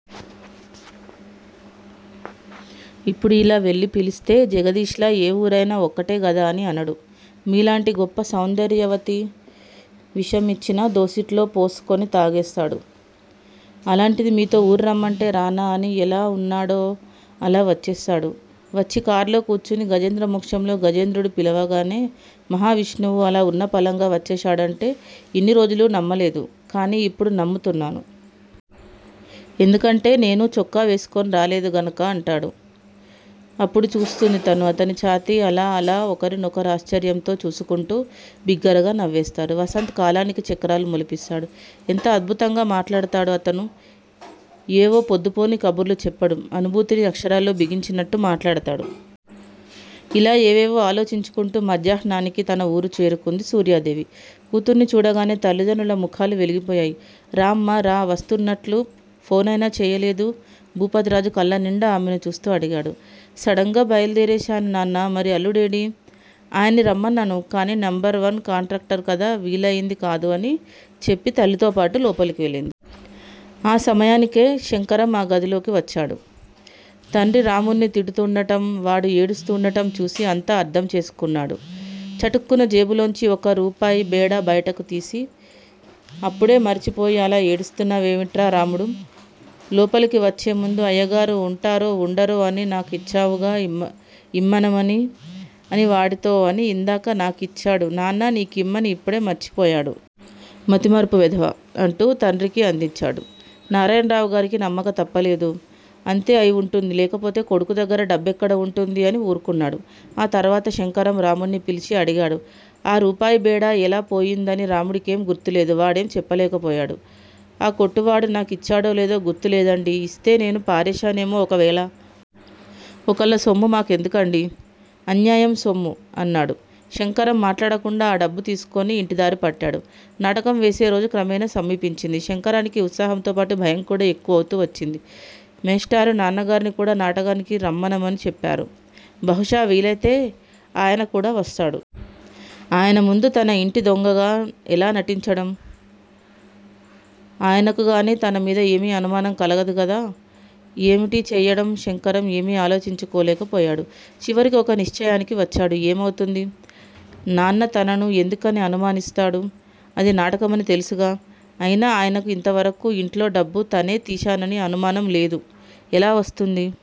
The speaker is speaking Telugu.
ఇప్పుడు ఇలా వెళ్ళి పిలిస్తే జగదీష్ లా ఏ ఊరయినా ఒక్కటే గదా అని అనడు. మీలాంటి గొప్ప సౌందర్యవతి విషం యిచ్చినా దోసిటిలో పోసుకుని తాగేస్తాడు. అలాంటిది మీతో ఊరు రమ్మంటే రానా అని ఎలా వున్నాడో అలా వచ్చేస్తాడు. వచ్చి కార్లో కూర్చుని గజేంద్ర మోక్షంలో గజేంద్రుడు పిలవగానే మహావిష్ణువు అలా ఉన్నపళంగా వచ్చేశాడంటే ఇన్ని రోజులూ నమ్మలేదు కానీ ఇప్పుడు నమ్ముతున్నాను. ఎందుకంటే నేనూ చొక్కా వేసుకుని రాలేదు గనుక అంటాడు. అప్పుడు చూస్తుంది తను అతని ఛాతీ అలా అలా ఒకరినొకరు ఆశ్చర్యంతో చూసుకుంటూ, బిగ్గరగా నవ్వేస్తారు. వసంత్ కాలానికి చక్రాలు మొలిపిస్తాడు. ఎంత అద్భుతంగా మాట్లాడతాడు అతను. ఏవో పొద్దుపోని కబుర్లు చెప్పడు. అనుభూతిని అక్షరాల్లో బిగించినటు మాట్లాడతాడు. ఇలా ఏవేవో ఆలోచించుకుంటూ మధ్యాహ్నానికి తన వూరు చేరుకుంది సూర్యాదేవి. కూతుర్ని చూడగానే తల్లిదండ్రుల ముఖాలు వెలిగిపోయాయి. రామ్మా! రా! వస్తున్నట్లు ఫోనైనా చేయలేదు భూపతిరాజు కళ్ళనిండా ఆమెను చూస్తూ అడిగాడు. సడన్ గా బయల్దేరేశాను నాన్నా మరి అల్లుడేడీ? ఆయన్ని రమ్మన్నాను కానీ నెంబర్ వన్ కాంట్రాక్టర్ కదా- వీలయింది కాదు అని చెప్పి తల్లితోబాటు లోపలకెళ్ళింది. ఆ సమయానికే శంకరం ఆ గదిలోకి వచ్చాడు. తండ్రి రాముణ్ణి తిడుతూండటం, వాడు ఏడుస్తూండటం చూసి అంతా అర్ధంచేసుకున్నాడు. చటుక్కున జేబులోంచి ఒక రూపాయి బేడా బయటకు తీసి అప్పుడే మరిచిపోయి అలా ఏడుస్తావేమిట్రా రాముడూ! లోపలికి వచ్చేముందు అయ్యగారు వుంటారో వుండరో అని నాకిచ్చావుగా ఇమ్మనమని అని వాడితో అని ఇందాక నాకిచ్చాడు నాన్నా నీకిమ్మని, అప్పుడే మరిచిపోయాడు. మతిమరుపు వెధవ! అంటూ తండ్రికి అందిచ్చాడు. నారాయణరావుగారికి నమ్మక తప్పలేదు. అంతే అయివుంటుంది లేకపోతే కొడుకుదగ్గర డబ్బెక్కడ వుంటుంది? అని వూరుకున్నాడు. ఆ తర్వాత శంకరం, రాముడ్ని పిలిచి అడిగాడు ఆ రూపాయి బేడా ఎలా పోయిందని రాముడికేం గుర్తులేదు. వాడేం చెప్పలేకపోయాడు. ఆ కొట్టువాడు నాకిచ్చాడో లేదో గుర్తులేదండి ఇస్తే నేను పారేశానేమో ఒకవేళ. ఒకళ్ళ సొమ్ము మా కెందుకండీ? అన్యాయం సొమ్ము అన్నాడు. శంకరం మాట్లాడకుండా ఆ డబ్బు తీసుకుని యింటిదారి పట్టాడు. నాటకం వేసేరోజు క్రమేణా సమీపించింది. శంకరానికి ఉత్సాహంతో పాటు భయంకూడా ఎక్కువవుతూ వచ్చింది. మేష్టారు నాన్నగారిని కూడా నాటకానికి రమ్మనమని చెప్పారు. బహుశా వీలైతే ఆయనకూడా వస్తాడు. ఆయన ముందు తను ఇంటిదొంగగా ఎలా నటించటం? ఆయనకుగాని తనమీద ఏమీ అనుమానం కలగదు కదా! ఏమిటి చెయ్యటం? శంకరం ఏమీ ఆలోచించుకోలేకపోయాడు. చివరికి ఒక నిశ్చయానికి వచ్చాడు. ఏమవుతుంది? నాన్న తనను ఎందుకని అనుమానిస్తాడు? అది నాటకమని తెలుసుగా? అయినా ఆయనకు యింతవరకూ యింట్లో డబ్బు తనే తీశానని అనుమానం లేదు. ఎలా వస్తుంది?